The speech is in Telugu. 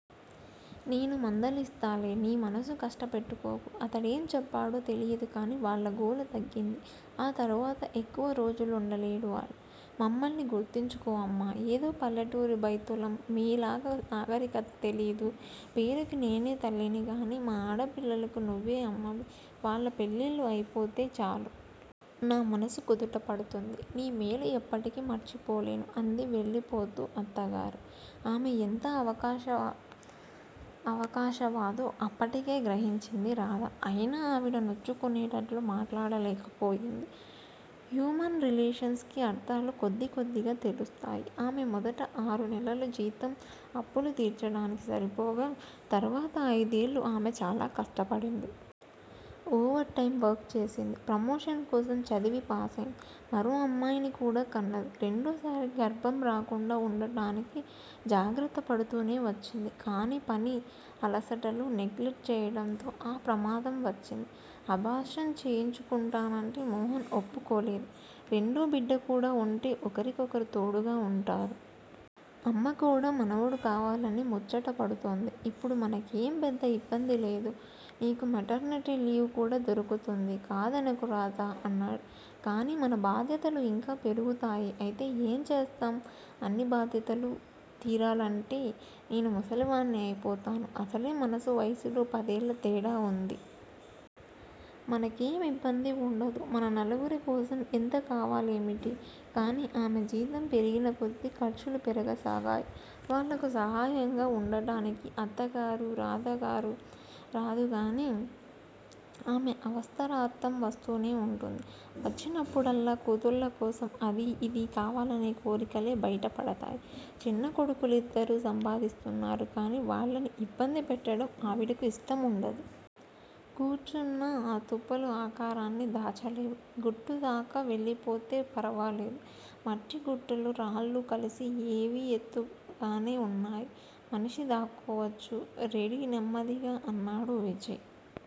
నేను మందలిస్తాలే నీ మనసు కష్టపెట్టుకోకు. అతడేం చెప్పాడో తెలియదుకాని వాళ్ళ గోల తగ్గింది. ఆ తర్వాత ఎక్కువ రోజులుండలేడు వాళ్ళు. మమ్మల్ని గుర్తుంచుకో అమ్మా! ఏదో పల్లెటూరి బైతులం మీలాగా నాగరికత తెలియదు పేరుకి నేనే తల్లినిగాని మా ఆడపిల్లలకు నువ్వే అమ్మవి. వాళ్ళ పెళ్ళిళ్ళు అయిపోతే చాలు. నా మనసు కుదుట పడుతుంది. నీ మేలు ఎప్పటికీ మర్చిపోలేను అంది వెళ్ళిపోతూ అత్తగారు. ఆమె ఎంత అవకాశ అవకాశవాదో అప్పటికే గ్రహించింది రాధ అయినా ఆవిడ నొచ్చుకునేటట్లు మాట్లాడలేకపోయింది. హ్యూమన్ రిలేషన్స్ కి అర్ధాలు కొద్దికొద్దిగా తెలుస్తాయి. ఆమె మొదట ఆరునెలలు జీతం అప్పులు తీర్చడానికి సరిపోగా తర్వాత అయిదేళ్ళు ఆమె చాలా కష్టపడింది. ఓవర్ టైం వర్క్ చేసింది. ప్రమోషన్ కోసం చదివి పాసయింది. మరో అమ్మాయిని కూడా కన్నది. రెండోసారి గర్భం రాకుండా వుండటానికి జాగ్రత్తపడుతూనే వచ్చింది. కాని పని అలసటలో నెగ్లెక్ట్ చేయడంతో ఆ ప్రమాదం వచ్చింది. అబార్షన్ చేయించుకుంటానంటే మోహన్ ఒప్పుకోలేదు. రెండో బిడ్డకూడా వుంటే ఒకరికొకరు తోడుగా వుంటారు. అమ్మకూడా మనవడు కావాలని ముచ్చటపడుతోంది ఇప్పుడు మనకేం పెద్ద యిబ్బందిలేదు. నీకు మెటర్నిటీ లీవు కూడా దొరుకుతుంది. కాదనకు రాధా! అన్నాడు. కాని మన బాధ్యతలు యింకా పెరుగుతాయి. అయితే ఏం చేస్తాం అన్ని బాధ్యతలూ తీరాలంటే నేను ముసలి వాణ్ని అయిపోతాను. అసలే మనసు వయసులో పదేళ్ళ తేడా వుందీ. మనకేం ఇబ్బంది వుండదు. మన నలుగురికోసం ఎంత కావాలేమిటి? కాని ఆమె జీతం పెరిగినకొద్దీ ఖర్చులూ పెరగసాగాయి. వాళ్ళకు సహాయంగా వుండటానికి అత్తగారు రాదగారు రాదుగానీ, ఆమె అవస్తారార్ధం వస్తూనే వుంటుంది. వచ్చినప్పుడల్లా కూతుళ్ళ కోసం అదీ, ఇదీ కావాలనే కోరికలే బయటపడతాయి. చిన్నకొడుకులిద్దరూ సంపాదిస్తున్నారు. కాని వాళ్ళని యిబ్బంది పెట్టడం ఆవిడకు యిష్టం వుండదు. కూర్చున్నా ఆతుప్పులు ఆకారాన్ని దాచాలేవు. గుట్టుదాకా వెళ్ళిపోతే ఫరవాలేదు. మట్టిగుట్టులు రాళ్ళు కలసి ఏవి ఎత్తుగానే వున్నాయి మనిషి దాక్కోవచ్చు. రెడీ నెమ్మదిగా అన్నాడు విజయ్.